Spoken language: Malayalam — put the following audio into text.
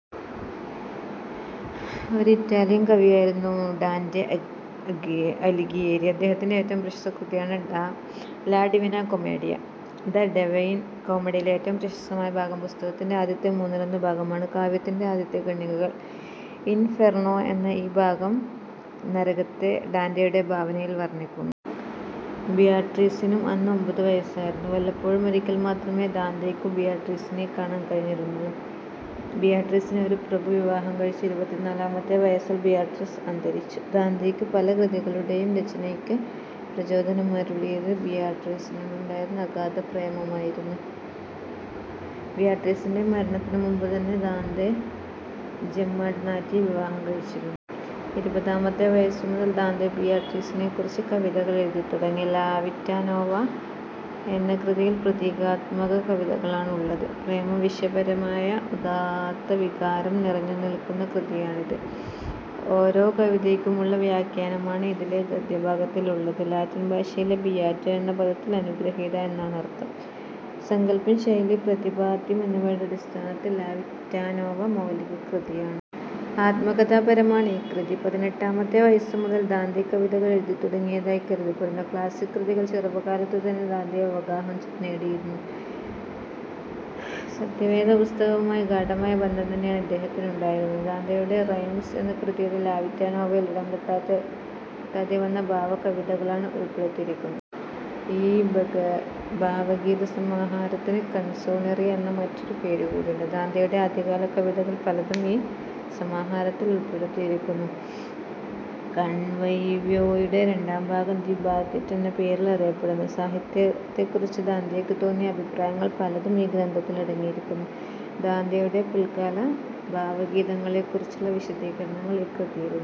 ഒരു ഇറ്റാലിയൻ കവിയായിരുന്നു ഡാന്റെ അലിഘിയേരി. അദ്ദേഹത്തിന്റെ ഏറ്റവും പ്രശസ്ത കൃതിയാണ് ലാ ഡിവിനാ കൊമേഡിയ. ദ് ഡൈവൈൻ കോമഡിയിലെ ഏറ്റവും പ്രശസ്തമായ ഭാഗം പുസ്തകത്തിന്റെ ആദ്യത്തെ മൂന്നിലൊന്ന് ഭാഗമാണ് കാവ്യത്തിന്റെ ആദ്യത്തെ ഖണ്ഡികകൾ. ഇൻഫെർണ്ണോ എന്ന ഈ ഭാഗം നരകത്തെ ഡാന്റെയുടെ ഭാവനയിൽ വർണ്ണിക്കുന്നു. ബിയാട്രീസിനും അന്ന് ഒമ്പതുവയസ്സായിരുന്നു. വല്ലപ്പോഴും ഒരിക്കൽ മാത്രമേ ദാന്തെയ്ക്കു ബിയാട്രീസിനെ കാണാൻ കഴിഞ്ഞിരുന്നുള്ളൂ. ബിയാട്രീസിനെ ഒരു പ്രഭു വിവാഹം കഴിച്ചു. ഇരുപത്തിനാലാമത്തെ വയസ്സിൽ ബിയാട്രീസ് അന്തരിച്ചു. ദാന്തെയ്ക്ക് പല കൃതികളുടെയും രചനയ്ക്കു പ്രചോദമനമരുളിയത് ബിയാട്രീസിനോടുണ്ടായിരുന്നു അഗാധ പ്രേമമായിരുന്നു. ബിയാട്രീസിന്റെ മരണത്തിനു മുമ്പുതന്നെ ദാന്തെ ജെമ്മാ ഡൊണാറ്റിയെ വിവാഹം കഴിച്ചിരുന്നു. ഇരുപതാമത്തെ വയസ്സുമുതൽ ദാന്തെ ബിയാട്രീസിനെക്കുറിച്ച് കവിതകൾ എഴുതിത്തുടങ്ങി. ലാ വിറ്റാ നോവ എന്ന കൃതിയിൽ പ്രതീകാത്മക കവിതകളാണുള്ളത്. പ്രേമവിഷയപരമായ ഉദാത്തവികാരം നിറഞ്ഞുനില്ക്കുന്ന കൃതിയാണിത്. ഓരോ കവിതയ്ക്കുമുള്ള വ്യാഖ്യാനമാണ് ഇതിലെ ഗദ്യഭാഗത്തിലുള്ളത്. ലാറ്റിൻ ഭാഷയിൽ 'ബിയാറ്റ' എന്ന പദത്തിന് 'അനുഗൃഹിത' എന്നാണർഥം. സങ്കല്പം, ശൈലി, പ്രതിപാദ്യം എന്നിവയുടെ അടിസ്ഥാനത്തിൽ ലാ വിറ്റാ നോവ മൗലിക കൃതിയാണ്. ആത്മകഥാപരമാണ് ഈ കൃതി. പതിനെട്ടാമത്തെ വയസ്സു മുതൽ ദാന്തെ കവിതകൾ എഴുതിത്തുടങ്ങിയതായി കരുതപ്പെടുന്നു. ക്ലാസ്സിക് കൃതികളിൽ ചെറുപ്പകാലത്തുതന്നെ ദാന്തെ അവഗാഹം നേടിയിരുന്നു. 'സത്യവേദപുസ്തക'വുമായി ഗാഢമായ ബന്ധംതന്നെയാണ് ഇദ്ദേഹത്തിനുണ്ടായിരുന്നത്. ദാന്തെയുടെ റൈംസ് എന്ന കൃതിയിൽ ലാ വിറ്റാ നോവയിൽ ഇടം കിട്ടാതെവന്ന ഭാവ കവിതകളാണ് ഉൾ പ്പെടുത്തിയിരിക്കുന്നത്. ഈ ഭാവഗീതസമാഹാരത്തിന് കൺസോണീറി എന്ന മറ്റൊരു പേരുകൂടിയുണ്ട്. ദാന്തെയുടെ ആദ്യകാല കവിതകൾ പലതും ഈ സമാഹാരത്തിൽ ഉൾ പ്പെടുത്തിയിരിക്കുന്നു. കൺവൈവ്യോ യുടെ രണ്ടാംഭാഗം ദ് ബാങ്ക്വറ്റ് എന്ന പേരിൽ അറിയപ്പെടുന്നു. സാഹിത്യത്തെക്കുറിച്ച് ദാന്തെയ്ക്കു തോന്നിയ അഭിപ്രായങ്ങൾ പലതും ഈ ഗ്രന്ഥത്തിൽ അടങ്ങിയിരിക്കുന്നു. ദാന്തെയുടെ പില്ക്കാല ഭാവഗീതങ്ങളെക്കുറിച്ചുള്ള വിശദീകരണങ്ങൾ ഈ കൃതിയിലുണ്ട്.